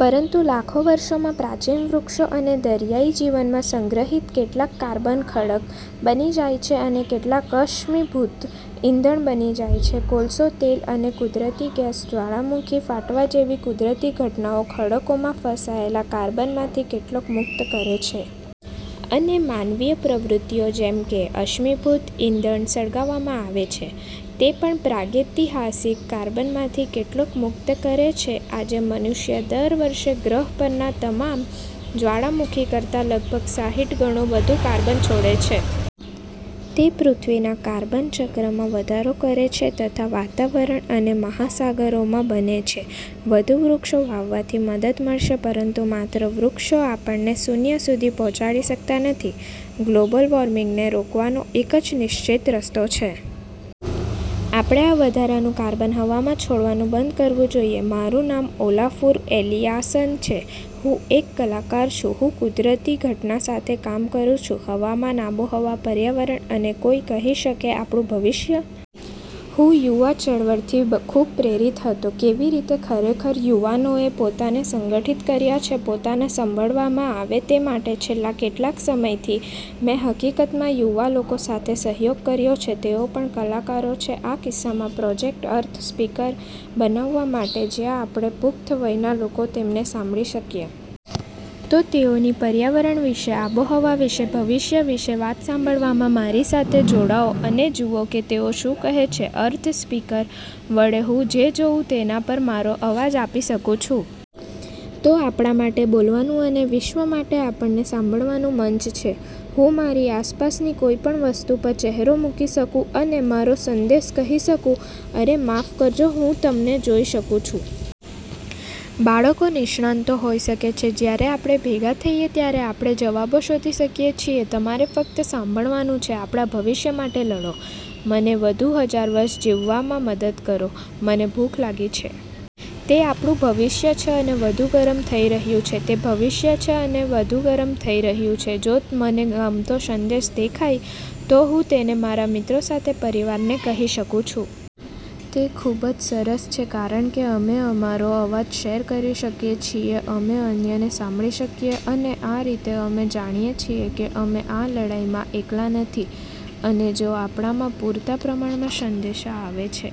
પરંતુ લાખો વર્ષોમાં, પ્રાચીન વૃક્ષો અને દરિયાઈ જીવનમાં સંગ્રહિત કેટલાક કાર્બન ખડક બની જાય છે અને કેટલાક અશ્મિભૂત ઇંધણ બની જાય છે: કોલસો, તેલ અને કુદરતી ગેસ. જ્વાળામુખી ફાટવા જેવી કુદરતી ઘટનાઓ ખડકોમાં ફસાયેલા કાર્બનમાંથી કેટલોક મુક્ત કરે છે. અને માનવીય પ્રવૃતિઓ, જેમ કે અશ્મિભૂત ઇંધણ સળગાવવામાં આવે છે, તે પણ પ્રાગૈતિહાસિક કાર્બનમાંથી કેટલોક મુક્ત કરે છે. આજે, મનુષ્ય દર વર્ષે ગ્રહ પરના તમામ જ્વાળામુખી કરતાં લગભગ સાહીઠ ગણો વધુ કાર્બન છોડે છે. તે પૃથ્વીના કાર્બન ચક્રમાં વધારો કરે છે તથા વાતાવરણ અને મહાસાગરોમાં બને છે. વધુ વૃક્ષો વાવવાથી મદદ મળશે, પરંતુ માત્ર વૃક્ષો આપણને શુન્ય સુધી પહોંચાડી શકતા નથી. ગ્લોબલ વોર્મિંગને રોકવાનો એક જ નિશ્ચિત રસ્તો છે. આપણે આ વધારાનું કાર્બન હવામાં છોડવાનું બંધ કરવું જોઈએ. મારું નામ ઓલાફુર એલિઆસન છે. હું એક કલાકાર છું. હું કુદરતી ઘટના સાથે કામ કરું છું, હવામાન, આબોહવા, પર્યાવરણ અને કોઈ કહી શકે, આપણું ભવિષ્ય? હું યુવા ચળવળથી ખૂબ પ્રેરિત હતો, કેવી રીતે ખરેખર યુવાનોએ પોતાને સંગઠિત કર્યા છે, પોતાને સાંભળવામાં આવે તે માટે. છેલ્લા કેટલાક સમયથી, મેં હકીકતમાં યુવા લોકો સાથે સહયોગ કર્યો છે, તેઓ પણ કલાકારો છે, આ કિસ્સામાં પ્રોજેક્ટ "અર્થ સ્પીકર" બનાવવા માટે જ્યાં આપણે, પુખ્ત વયના લોકો, તેમને સાંભળી શકીએ. તો તેઓની પર્યાવરણ વિશે, આબોહવા વિશે, ભવિષ્ય વિશે વાત સાંભળવામાં મારી સાથે જોડાઓ અને જુઓ કે તેઓ શું કહે છે. "અર્થ સ્પીકર" વડે હું જે જોઉં, તેના પર મારો અવાજ આપી શકું છું. તે આપણા માટે બોલવાનું અને વિશ્વ માટે આપણને સાંભળવાનું મંચ છે. હું મારી આસપાસની કોઈપણ વસ્તુ પર ચહેરો મૂકી શકું અને મારો સંદેશ કહી શકું. અરે માફ કરજો, હું તમને જૉઈ શકું છું. બાળકો નિષ્ણાતો હોઈ શકે છે. જ્યારે આપણે ભેગા થઈએ, ત્યારે આપણે જવાબો શોધી શકીએ છીએ. તમારે ફક્ત સાંભળવાનું છે. આપણા ભવિષ્ય માટે લડો. મને વધુ હજારવર્ષ જીવવામાં મદદ કરો. મને ભૂખ લાગી છે! તે આપણું ભવિષ્ય છે, અને વધુ ગરમ થઈ રહ્યું છે. તે ભવિષ્ય છે, અને વધુ ગરમ થઈ રહ્યું છે. જો મને ગમતો સંદેશ દેખાય, તો હું તેને મારા મિત્રો અને પરિવારને કહી શકું છું. તે ખૂબ જ સરસ છે કારણ કે, અમે અમારો અવાજ શેર કરી શકીએ છીએ, અમે અન્યને સાંભળી શકીએ, અને આ રીતે અમે જાણીએ છીએ કે અમે આ લડાઈમાં એકલા નથી. અને જો આપણામાંથી પૂરતા પ્રમાણમાં સંદેશા આવે છે.